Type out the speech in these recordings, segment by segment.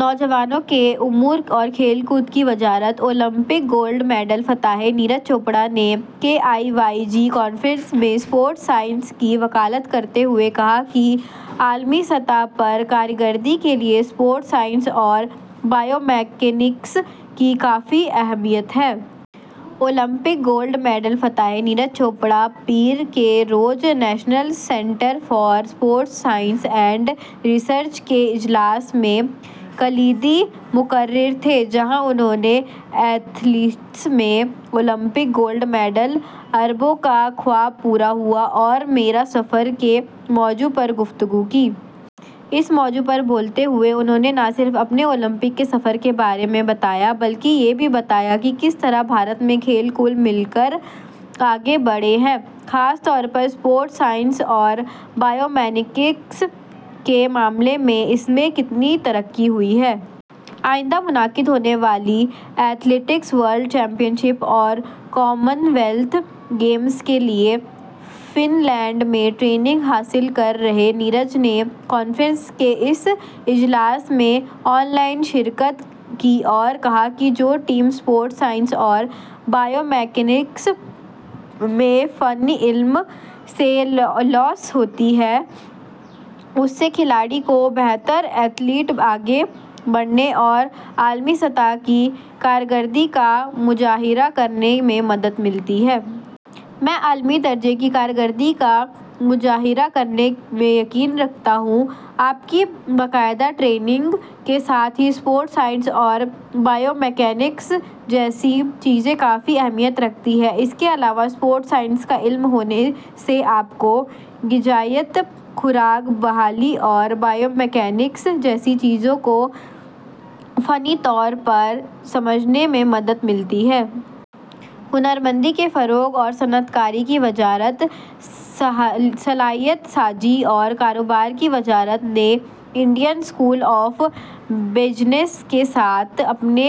نوجوانوں کے امور اور کھیل کود کی وزارت۔ اولمپک گولڈ میڈل فاتح نیرج چوپڑا نے K I Y G conference میں اسپورٹس سائنس کی وکالت کرتے ہوئے کہا کہ عالمی سطح کی کارکردگی کے لیے اسپورٹس سائنس اور بائیو میکینکس کی کافی اہمیت ہے۔ اولمپک گولڈ میڈل فاتح نیرج چوپڑا پیر کے روز national centre for sports science and research کے اجلاس میں کلیدی مقرر تھے، جہاں انہوں نے ایتھلیٹس میں اولمپک گولڈ میڈل، اربوں کا خواب پورا ہوا اور میرا سفر، موضوع پر گفتگو کی۔ اس موضوع پر بولتے ہوئے انہوں نے نہ صرف اپنے اولمپک کے سفر کے بارے میں بتایا، بلکہ یہ بھی بتایا کہ کیسے بھارت میں کھیل مجموعی طور پر آگے بڑھے ہیں، خاص کر اسپورٹس سائنس اور بائیو میکینکس کے معاملے میں اس میں کتنی ترقی ہوئی ہے۔ آئندہ منعقد ہونے والی ایتھلیٹکس ورلڈ چیمپئن شپ اور کامن ویلتھ گیمز کے لیے فن لینڈ میں ٹریننگ حاصل کر رہے نیرج نے کانفرنس کے اس اجلاس میں آن لائن شرکت کی اور کہا کہ جو ٹیم اسپورٹس سائنس اور بائیو میکینکس کے تکنیکی علم سے لیس ہوتی ہے، اس سے کھلاڑی کو بطور ایتھلیٹ آگے بڑھنے اور عالمی سطح کی کارکردگی کا مظاہرہ کرنے میں مدد ملتی ہے۔ میں عالمی درجے کی کارکردگی کا مظاہرہ کرنے میں یقین رکھتا ہوں، آپ کی باقاعدہ ٹریننگ کے ساتھ ہی اسپورٹس سائنس اور بائیو میکینکس جیسی چیزیں کافی اہمیت رکھتی ہیں۔ اس کے علاوہ، اسپورٹس سائنس کا علم ہونے سے آپ کو غذائیت، خوراک، بحالی اور بائیو میکینکس جیسی چیزوں کو تکنیکی طور پر سمجھنے میں مدد ملتی ہے۔ ہنرمندی کے فروغ اور صنعت کاری کی وزارت۔ صلاحیت سازی اور کاروبار کی وزارت نے انڈین اسکول آف بزنس کے ساتھ اپنے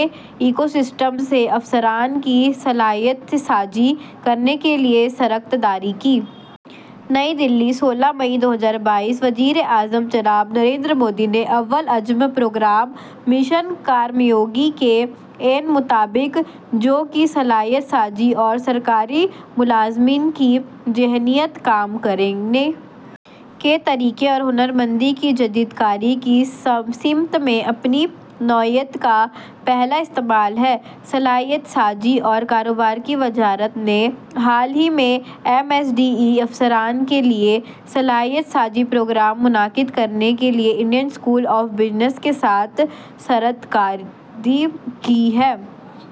ایکو سسٹم سے افسران کی صلاحیت سازی کرنے کے لیے شراکت داری کی۔ نئی دہلی، سولہ مئی دو ہزار بائیس۔ وزیر اعظم جناب نریندر مودی کے اول العزم پروگرام مشن کرم یوگی کے عین مطابق، جو کہ صلاحیت سازی اور سرکاری ملازمین کی ذہنیت، کام کرنے کے طریقے اور ہنرمندی کی جدید کاری کی سمت میں اپنی نوعیت کا پہلا استعمال ہے، صلاحیت سازی اور کاروبار کی وزارت نے حال ہی میں ایم ایس ڈی ای افسران کے لیے صلاحیت سازی پروگرام منعقد کرنے کے لیے انڈین اسکول آف بزنس کے ساتھ شراکت داری کی ہے۔